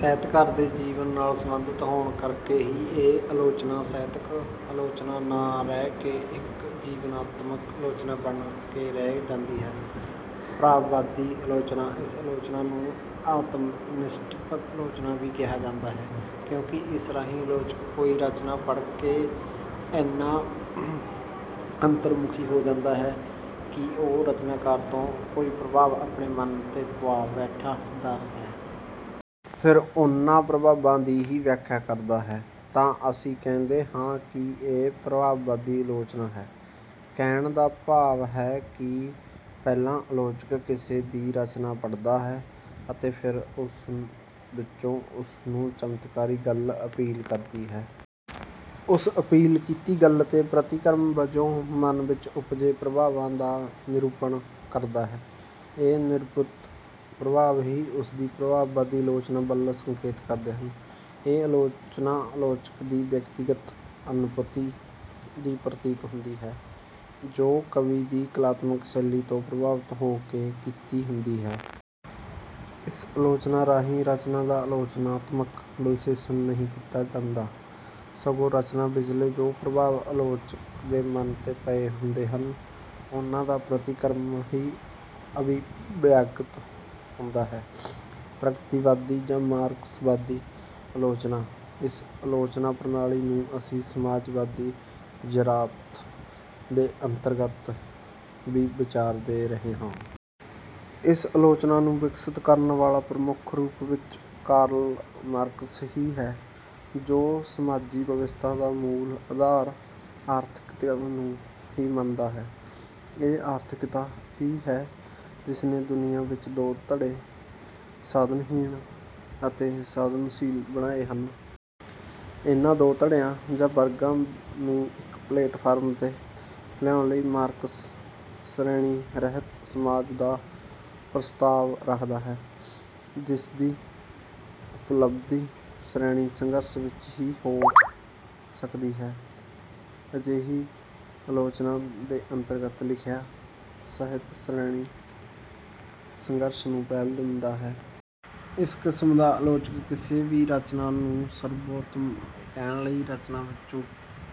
ਸਾਹਿਤਕਾਰ ਦੇ ਜੀਵਨ ਨਾਲ ਸੰਬੰਧਿਤ ਹੋਣ ਕਰਕੇ ਹੀ ਇਹ ਆਲੋਚਨਾ, ਸਾਹਿਤਕ ਆਲੋਚਨਾ ਨਾ ਰਹਿ ਕੇ ਇੱਕ ਜੀਵਨਤਮਕ ਆਲੋਚਨਾ ਬਣ ਕੇ ਰਹਿ ਜਾਂਦੀ ਹੈ। ਪ੍ਰਭਾਵਵਾਦੀ ਆਲੋਚਨਾ: ਇਸ ਆਲੋਚਨਾ ਨੂੰ ਆਤਮਨਿਸ਼ਠ ਆਲੋਚਨਾ ਵੀ ਕਿਹਾ ਜਾਂਦਾ ਹੈ, ਕਿਉਂਕਿ ਇਸ ਰਾਹੀਂ ਆਲੋਚਕ ਕੋਈ ਰਚਨਾ ਪੜ੍ਹ ਕੇ ਇੰਨਾ ਅੰਤਰਮੁਖੀ ਹੋ ਜਾਂਦਾ ਹੈ ਕਿ ਉਹ ਰਚਨਾਕਾਰ ਤੋਂ ਕੋਈ ਪ੍ਰਭਾਵ ਆਪਣੇ ਮਨ 'ਤੇ ਪੁਆ ਬੈਠਦਾ ਹੈ। ਫਿਰ ਉਹਨਾਂ ਪ੍ਰਭਾਵਾਂ ਦੀ ਹੀ ਵਿਆਖਿਆ ਕਰਦਾ ਹੈ, ਤਾਂ ਅਸੀਂ ਕਹਿੰਦੇ ਹਾਂ ਕਿ ਇਹ ਪ੍ਰਭਾਵਵਾਦੀ ਆਲੋਚਨਾ ਹੈ। ਕਹਿਣ ਦਾ ਭਾਵ ਹੈ ਕਿ ਪਹਿਲਾਂ ਆਲੋਚਕ ਕਿਸੇ ਦੀ ਰਚਨਾ ਪੜ੍ਹਦਾ ਹੈ ਅਤੇ ਫਿਰ ਉਸ ਵਿੱਚੋਂ ਉਸਨੂੰ ਚਮਤਕਾਰੀ ਗੱਲ ਅਪੀਲ ਕਰਦੀ ਹੈ। ਉਸ ਅਪੀਲ ਕੀਤੀ ਗੱਲ 'ਤੇ ਪ੍ਰਤੀਕਰਮ ਵਜੋਂ ਮਨ ਵਿੱਚ ਉਪਜੇ ਪ੍ਰਭਾਵਾਂ ਦਾ ਨਿਰੂਪਣ ਕਰਦਾ ਹੈ। ਇਹ ਨਿਰੂਪਿਤ ਪ੍ਰਭਾਵ ਹੀ ਉਸਦੀ ਪ੍ਰਭਾਵਵਾਦੀ ਆਲੋਚਨਾ ਵੱਲ ਸੰਕੇਤ ਕਰਦੇ ਹਨ। ਇਹ ਆਲੋਚਨਾ ਆਲੋਚਕ ਦੀ ਵਿਅਕਤੀਗਤ ਅਨੁਭੂਤੀ ਦੀ ਪ੍ਰਤੀਕ ਹੁੰਦੀ ਹੈ, ਜੋ ਕਵੀ ਦੀ ਕਲਾਤਮਕ ਸ਼ੈਲੀ ਤੋਂ ਪ੍ਰਭਾਵਿਤ ਹੋ ਕੇ ਕੀਤੀ ਹੁੰਦੀ ਹੈ। ਇਸ ਆਲੋਚਨਾ ਰਾਹੀਂ ਰਚਨਾ ਦਾ ਆਲੋਚਨਾਤਮਕ ਵਿਸ਼ਲੇਸ਼ਣ ਨਹੀਂ ਕੀਤਾ ਜਾਂਦਾ, ਸਗੋਂ ਰਚਨਾ ਵਿਚਲੇ ਜੋ ਪ੍ਰਭਾਵ ਆਲੋਚਕ ਦੇ ਮਨ 'ਤੇ ਪਏ ਹੁੰਦੇ ਹਨ, ਉਹਨਾਂ ਦਾ ਪ੍ਰਤੀਕਰਮ ਹੀ ਅਭਿਵਿਅਕਤ ਹੁੰਦਾ ਹੈ। ਪ੍ਰਗਤੀਵਾਦੀ ਜਾਂ ਮਾਰਕਸਵਾਦੀ ਆਲੋਚਨਾ: ਇਸ ਆਲੋਚਨਾ ਪ੍ਰਣਾਲੀ ਨੂੰ ਅਸੀਂ ਸਮਾਜਵਾਦੀ ਯਥਾਰਥ ਦੇ ਅੰਤਰਗਤ ਵੀ ਵਿਚਾਰਦੇ ਰਹੇ ਹਾਂ। ਇਸ ਆਲੋਚਨਾ ਨੂੰ ਵਿਕਸਿਤ ਕਰਨ ਵਾਲਾ ਪ੍ਰਮੁੱਖ ਰੂਪ ਵਿੱਚ ਕਾਰਲ ਮਾਰਕਸ ਹੀ ਹੈ, ਜੋ ਸਮਾਜੀ ਵਿਵਸਥਾ ਦਾ ਮੂਲ ਆਧਾਰ ਆਰਥਿਕਤਾ ਨੂੰ ਹੀ ਮੰਨਦਾ ਹੈ। ਇਹ ਆਰਥਿਕਤਾ ਹੀ ਹੈ ਜਿਸ ਨੇ ਦੁਨੀਆ ਵਿੱਚ ਦੋ ਧੜੇ ਸਾਧਨਹੀਣ ਅਤੇ ਸਾਧਨਸ਼ੀਲ ਬਣਾਏ ਹਨ। ਇਨ੍ਹਾਂ ਦੋ ਧੜਿਆਂ ਜਾਂ ਵਰਗਾਂ ਨੂੰ ਇੱਕ ਪਲੇਟਫਾਰਮ 'ਤੇ ਲਿਆਉਣ ਲਈ ਮਾਰਕਸ "ਸ਼੍ਰੇਣੀਰਹਿਤ ਸਮਾਜ" ਦਾ ਪ੍ਰਸਤਾਵ ਰੱਖਦਾ ਹੈ, ਜਿਸਦੀ ਉਪਲਬਧੀ ਸ਼੍ਰੇਣੀ-ਸੰਘਰਸ਼ ਵਿੱਚ ਹੀ ਹੋ ਸਕਦੀ ਹੈ। ਅਜਿਹੀ ਆਲੋਚਨਾ ਦੇ ਅੰਤਰਗਤ ਲਿਖਿਆ ਸਾਹਿਤ ਸ਼੍ਰੇਣੀ-ਸੰਘਰਸ਼ ਨੂੰ ਪਹਿਲ ਦਿੰਦਾ ਹੈ। ਇਸ ਕਿਸਮ ਦਾ ਆਲੋਚਕ ਕਿਸੇ ਵੀ ਰਚਨਾ ਨੂੰ ਸਰਵੋਤਮ ਕਹਿਣ ਲਈ ਰਚਨਾ ਵਿੱਚੋਂ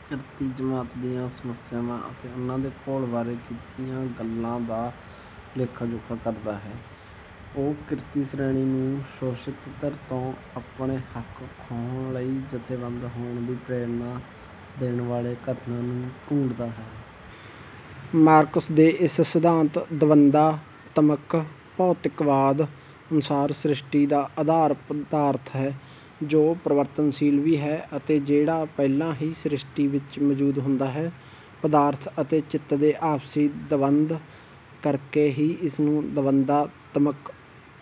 ਕਿਰਤੀ ਜਮਾਤ ਦੀਆਂ ਸਮੱਸਿਆਵਾਂ ਅਤੇ ਉਹਨਾਂ ਦੇ ਘੋਲਾਂ ਬਾਰੇ ਕੀਤੀਆਂ ਗੱਲਾਂ ਦਾ ਲੇਖਾ-ਜੋਖਾ ਕਰਦਾ ਹੈ। ਉਹ ਕਿਰਤੀ ਸ਼੍ਰੇਣੀ ਨੂੰ ਸ਼ੋਸ਼ਿਤ ਧਿਰ ਤੋਂ ਆਪਣੇ ਹੱਕ ਖੋਹਣ ਲਈ ਜਥੇਬੰਦ ਹੋਣ ਦੀ ਪ੍ਰੇਰਣਾ ਦੇਣ ਵਾਲੇ ਕਥਨਾਂ ਨੂੰ ਢੂੰਡਦਾ ਹੈ। ਮਾਰਕਸ ਦੇ ਇਸ ਸਿਧਾਂਤ "ਦਵੰਦਾਤਮਕ ਭੌਤਿਕਵਾਦ" ਅਨੁਸਾਰ ਸ੍ਰਿਸ਼ਟੀ ਦਾ ਆਧਾਰ ਪਦਾਰਥ ਹੈ, ਜੋ ਪਰਿਵਰਤਨਸ਼ੀਲ ਵੀ ਹੈ ਅਤੇ ਜਿਹੜਾ ਪਹਿਲਾਂ ਹੀ ਸ੍ਰਿਸ਼ਟੀ ਵਿੱਚ ਮੌਜੂਦ ਹੁੰਦਾ ਹੈ। ਪਦਾਰਥ ਅਤੇ ਚਿੱਤ ਦੇ ਆਪਸੀ ਦਵੰਦ ਕਰਕੇ ਹੀ ਇਸ ਨੂੰ ਦਵੰਦਾਤਮਕ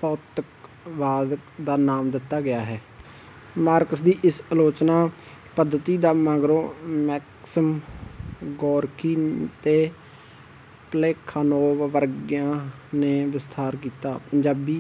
ਭੌਤਿਕਵਾਦ ਦਾ ਨਾਮ ਦਿੱਤਾ ਗਿਆ ਹੈ। ਮਾਰਕਸ ਦੀ ਇਸ ਆਲੋਚਨਾ ਪੱਧਤੀ ਦਾ ਮਗਰੋਂ ਮੈਕਸਿਮ ਗੋਰਕੀ ਤੇ ਪਲੈਖਾਨੋਵ ਵਰਗਿਆਂ ਨੇ ਵਿਸਥਾਰ ਕੀਤਾ। ਪੰਜਾਬੀ